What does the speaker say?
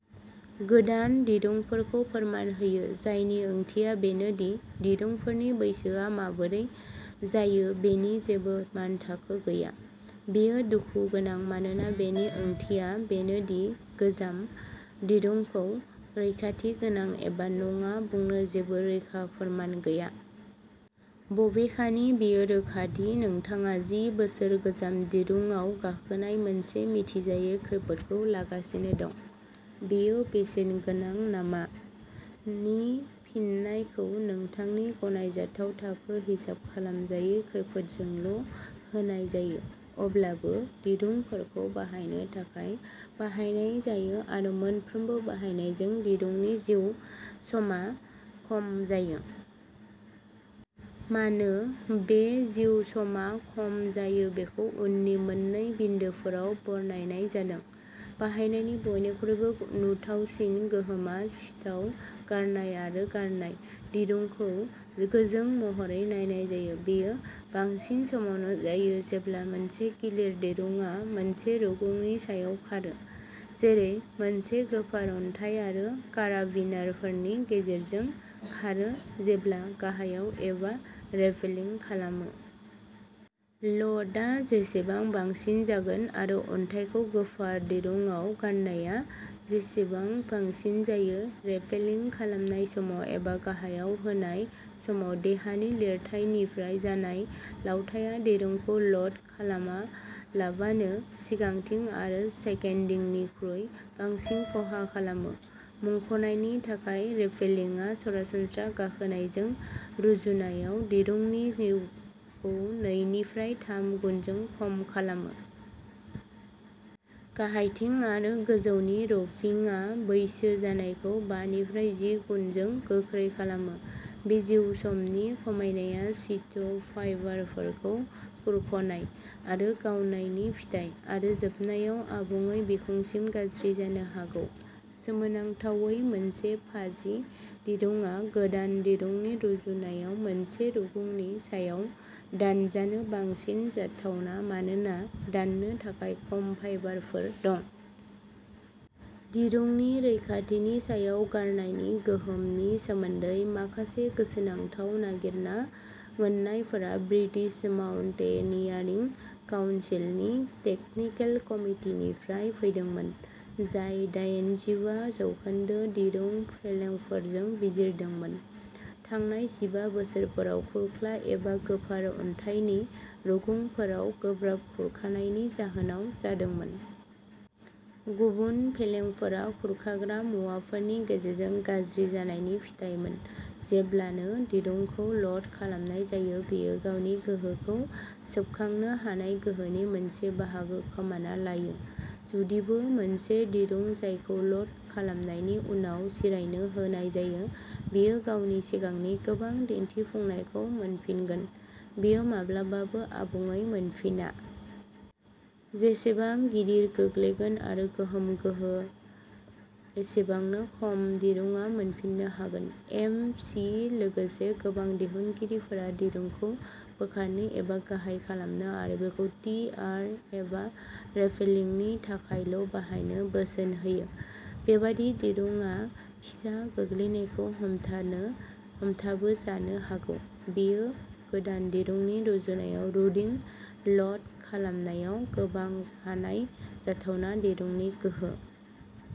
गोदान दिरुंफोरखौ फोरमान होयो। जायनि ओंथिया बेनो दि दिरुंफोरनि बैसोआ माबोरै जायो बेनि जेबो मानथाखो गैया। बेयो दुखु गोनां मानोना बेनि ओंथिया बेनो दि गोजाम दिरुंखौ रैखाथि गोनां एबा नङा बुंनो जेबो रोखा फोरमान गैया। बबेखानि, बेयो रोखा दि नोंथाङा जि बोसोर गोजाम दिरुंआव गाखोनाय मोनसे मिथिजायै खैफोदखौ लागासिनो दं। बेयो बेसेनगोनां नामा? नि फिननायखौ नोंथांनि गनायथाव थाखो हिसाब खालामजायै खैफोदजोंल' होनाय जायो। अब्लाबो दिरुंफोरखौ बाहायनो थाखाय बाहायनाय जायो आरो मोनफ्रोमबो बाहायनायजों, दिरुंनि जिउ समा खम जायो। मानो, बे जिउ समा खम जायो बेखौ उननि मोन्नै बिन्दोफोराव बरनायनाय जादों। बाहायनायनि बयनिख्रुइबो नुथावसिन गोहोमआ सिथआव गारनाय आरो गारनाय, दिरुंखौ गोजों महरै नायनाय जायो। बेयो बांसिन समावनो जायो जेब्ला मोनसे गिलिर दिरुंआ मोनसे रुगुंनि सायाव खारो, जेरै मोनसे गोफार अन्थाइ एबा काराबिनारफोरनि गेजेरजों खारो जेब्ला गाहायाव एबा रेपेलिं खालामो। ल'डआ जेसेबां बांसिन जागोन आरो अन्थाइखौ गोफार दिरुंआव गान्नाया जेसेबां बांसिन जायो। रेपेलिं खालामनाय समाव एबा गाहायाव होनाय समाव देहानि लिरथाइनिफ्राय जानाय लावथाया दिरुंखौ ल'ड खालामालाबानो सिगांथिं आरो सेकेन्डिंनिख्रुइ बांसिन खहा खालामो। मुंख'नायनि थाखाय रेपेलिंआ सरासनस्रा गाखोनायजों रुजुनायाव दिरुंनि जिउखौ नैनिफ्राय थाम गुनजों खम खालामो। गाहायथिं आरो गोजौनि र'पिंआ बैसो जानायखौ बानिफ्राय जि गुनजों गोख्रै खालामो। बे जिउसमनि खमायनाया सिथ फाइबारफोरखौ खुरख'नाय आरो गावनायनि फिथाय, आरो जोबनायाव आबुङै बिखुंसिम गाज्रि जानो हागौ। सोमोनांथावै, मोनसे फाजि दिरुंआ गोदान दिरुंनि रुजुनायाव मोनसे रुगुंनि सायाव दानजानो बांसिन जाथावना मानोना दाननो थाखाय खम फाइबारफोर दं। दिरुंनि रैखाथिनि सायाव गारनायनि गोहोमनि सोमोन्दै माखासे गोसोनांथाव नागिरना मोन्नायफोरा ब्रिटिश माउन्टेनियारिं काउनसिलनि टेकनिकेल कमिटिनिफ्राय फैदोंमोन, जाय दायेनजिबा जौखोन्दो दिरुं फेलेंफोरखौ बिजिरदोंमोन। थांनाय जिबा बोसोरफोराव खुरख्ला एबा गोफार अन्थाइनि रुगुंफोराव गोब्राब खुरखानायनि जाहोनाव जादोंमोन। गुबुन फेलेंफोरा खुरखाग्रा मुवाफोरनि गेजेरजों गाज्रि जानायनि फिथायमोन। जेब्लानो दिरुंखौ ल'ड खालामनाय जायो, बेयो गावनि गोहोखौ सोबखांनो हानाय गोहोनि मोनसे बाहागो खोमाना लायो। जुदिबो मोनसे दिरुं जायखौ ल'ड खालामनायनि उनाव जिरायनो होनाय जायो, बेयो गावनि सिगांनि गोबां दिन्थिफुंनायखौ मोनफिनगोन, बेयो माब्लाबाबो आबुङै मोनफिना। जेसेबां गिदिर गोग्लैगोन आरो गोहोम गोहो एसेबांनो खम दिरुंआ मोनफिननो हागोन। एम सि लोगोसे गोबां दिहुनगिरिफोरा दिरुंखौ बोखारनो एबा गाहाय खालामनो आरो बेखौ टि आर एबा रेपेलिंनि थाखायल' बाहायनो बोसोन होयो। बेबादि दिरुंआ फिसा गोग्लैनायखौ हमथाबो जानो हागौ, बेयो गोदान दिरुंनि रुजुनायाव रुगुं ल'ड खालामनायाव गोबां हानाय जाथावना दिरुंनि गोहो।